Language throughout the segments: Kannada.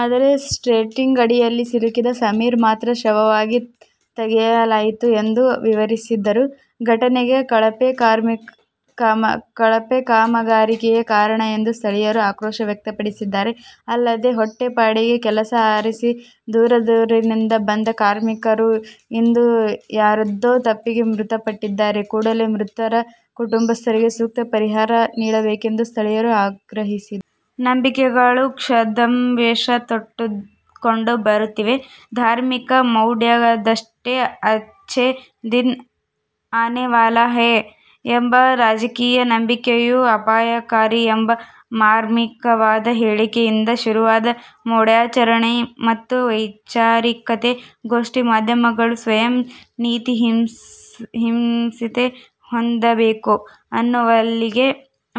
ಆದರೆ, ಸೆಂಟ್ರಿಂಗ್ ಅಡಿಯಲ್ಲಿ ಸಿಲುಕಿದ್ದ ಸಮೀರ್ ಮಾತ್ರ ಶವವಾಗಿ ತೆಗೆಯಲಾಯಿತು ಎಂದು ವಿವರಿಸಿದರು. ಘಟನೆಗೆ ಕಳಪೆ ಕಾಮಗಾರಿಯೇ ಕಾರಣ ಎಂದು ಸ್ಥಳೀಯರು ಆಕ್ರೋಶ ವ್ಯಕ್ತಪಡಿಸಿದ್ದಾರೆ. ಅಲ್ಲದೆ ಹೊಟ್ಟೆಪಾಡಿಗೆ ಕೆಲಸ ಅರಿಸಿ ದೂರದೂರಿನಿಂದ ಬಂದ ಕಾರ್ಮಿಕರು ಇಂದು ಯಾರಧ್ದೋ ತಪ್ಪಿಗೆ ಮೃತ ಪಟ್ಟಿದ್ದಾರೆ. ಕೂಡಲೇ ಮೃತರ ಕುಟುಂಬದವರಿಗೆ ಸೂಕ್ತ ಪರಿಹಾರ ನೀಡಬೇಕೆಂದು ಸ್ಥಳೀಯರು ಆಗ್ರಹಿಸಿದರು. ನಂಬಿಕೆಗಳು ಛದ್ಮವೇಷ ತೊಟ್ಟುಕೊಂಡು ಬರುತ್ತಿವೆ. ಧಾರ್ಮಿಕ ಮೌಡ್ಯದಷ್ಟೇ ಅಚ್ಚೇ ದಿನ್ ಆನೇವಾಲಾ ಹೈ ಎಂಬ ರಾಜಕೀಯ ನಂಬಿಕೆಯೂ ಅಪಾಯಕಾರಿ ಎಂಬ ಮಾರ್ಮಿಕವಾದ ಹೇಳಿಕೆಯಿಂದ ಶುರುವಾದ ಮೌಢಾಚರಣೆ ಮತ್ತು ವೈಚಾರಿಕತೆ ಗೋಷ್ಠಿ, ಮಾಧ್ಯಮಗಳು ಸ್ವಯಂ-ನೀತಿಸಂಹಿತೆ ಹೊಂದಬೇಕು ಅನ್ನುವಲ್ಲಿಗೆ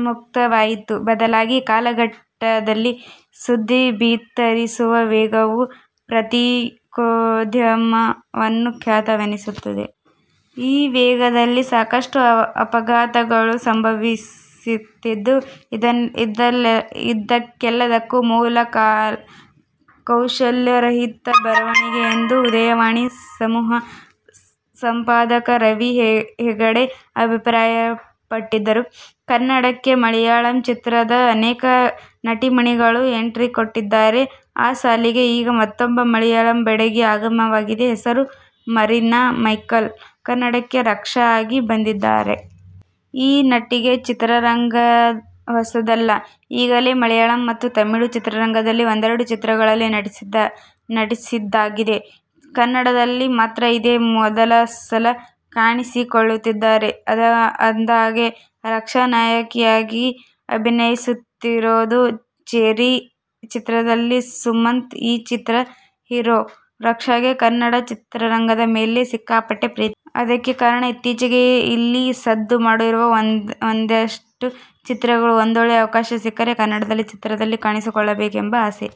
ಮುಕ್ತಾಯವಾಯಿತು. ಬದಲಾದ ಕಾಲಘಟ್ಟದಲ್ಲಿ ಸುದ್ದಿ ಬಿತ್ತರಿಸುವ ವೇಗವು ಪತ್ರಿಕೋದ್ಯಮವನ್ನು ವ್ಯಾಖ್ಯಾನಿಸುತ್ತಿದೆ. ಈ ವೇಗದಲ್ಲಿ ಸಾಕಷ್ಟು ಅಪಘಾತಗಳು ಸಂಭವಿಸುತ್ತಿದ್ದು, ಇದೆಲ್ಲದಕ್ಕೂ ಮೂಲ ಕೌಶಲ್ಯರಹಿತ ಬರವಣಿಗೆ ಎಂದು ಉದಯವಾಣಿ ಸಮೂಹ ಸಂಪಾದಕ ರವಿ ಹೆಗಡೆ ಅಭಿಪ್ರಾಯಪಟ್ಟರು. ಕನ್ನಡಕ್ಕೆ ಮಲಯಾಳಂ ಚಿತ್ರರಂಗದ ಅನೇಕ ನಟಿಮಣಿಗಳು ಎಂಟ್ರಿಕೊಟ್ಟಿದ್ದಾರೆ. ಆ ಸಾಲಿಗೆ ಈಗ ಮತ್ತೂಬ್ಬ ಮಲಯಾಳಿ ಬೆಡಗಿಯ ಆಗಮನವಾಗಿದೆ. ಹೆಸರು ಮರೀನಾ ಮೈಕೆಲ್. ಕನ್ನಡಕ್ಕೆ ರಕ್ಷಾ ಆಗಿ ಬದಲಾಗಿದ್ದಾರೆ. ಈ ನಟಿಗೆ ಚಿತ್ರರಂಗ ಹೊಸದಲ್ಲ. ಈಗಾಗಲೇ ಮಲಯಾಳಂ ಮತ್ತು ತಮಿಳು ಚಿತ್ರರಂಗದಲ್ಲಿ ಒಂದೆರೆಡು ಚಿತ್ರಗಳಲ್ಲಿ ನಟಿಸಿದ್ದಾಗಿದೆ. ಕನ್ನಡದಲ್ಲಿ ಮಾತ್ರ ಇದೇ ಮೊದಲ ಸಲ ಕಾಣಿಸಿಕೊಳ್ಳುತ್ತಿದ್ದಾರೆ. ಅಂದಹಾಗೆ, ರಕ್ಷಾ ನಾಯಕಿಯಾಗಿ ಅಭಿನಯಿಸುತ್ತಿರೋದು "ಚೆರ್ರಿ' ಚಿತ್ರದಲ್ಲಿ. ಸುಮಂತ್ ಈ ಚಿತ್ರದ ಹೀರೋ. ರಕ್ಷಾಗೆ ಕನ್ನಡ ಚಿತ್ರರಂಗದ ಮೇಲೆ ಸಿಕ್ಕಾಪಟ್ಟೆ ಪ್ರೀತಿ. ಅದಕ್ಕೆ ಕಾರಣ, ಇತ್ತೀಚೆಗೆ ಇಲ್ಲಿ ಸದ್ದು ಮಾಡುತ್ತಿರುವ ಒಂದಷ್ಟು ಚಿತ್ರಗಳು. ಒಂದೊಳ್ಳೆಯ ಅವಕಾಶ ಸಿಕ್ಕರೆ, ಕನ್ನಡದ ಚಿತ್ರದಲ್ಲಿ ಕಾಣಿಸಿಕೊಳ್ಳಬೇಕು ಎಂಬ ಆಸೆ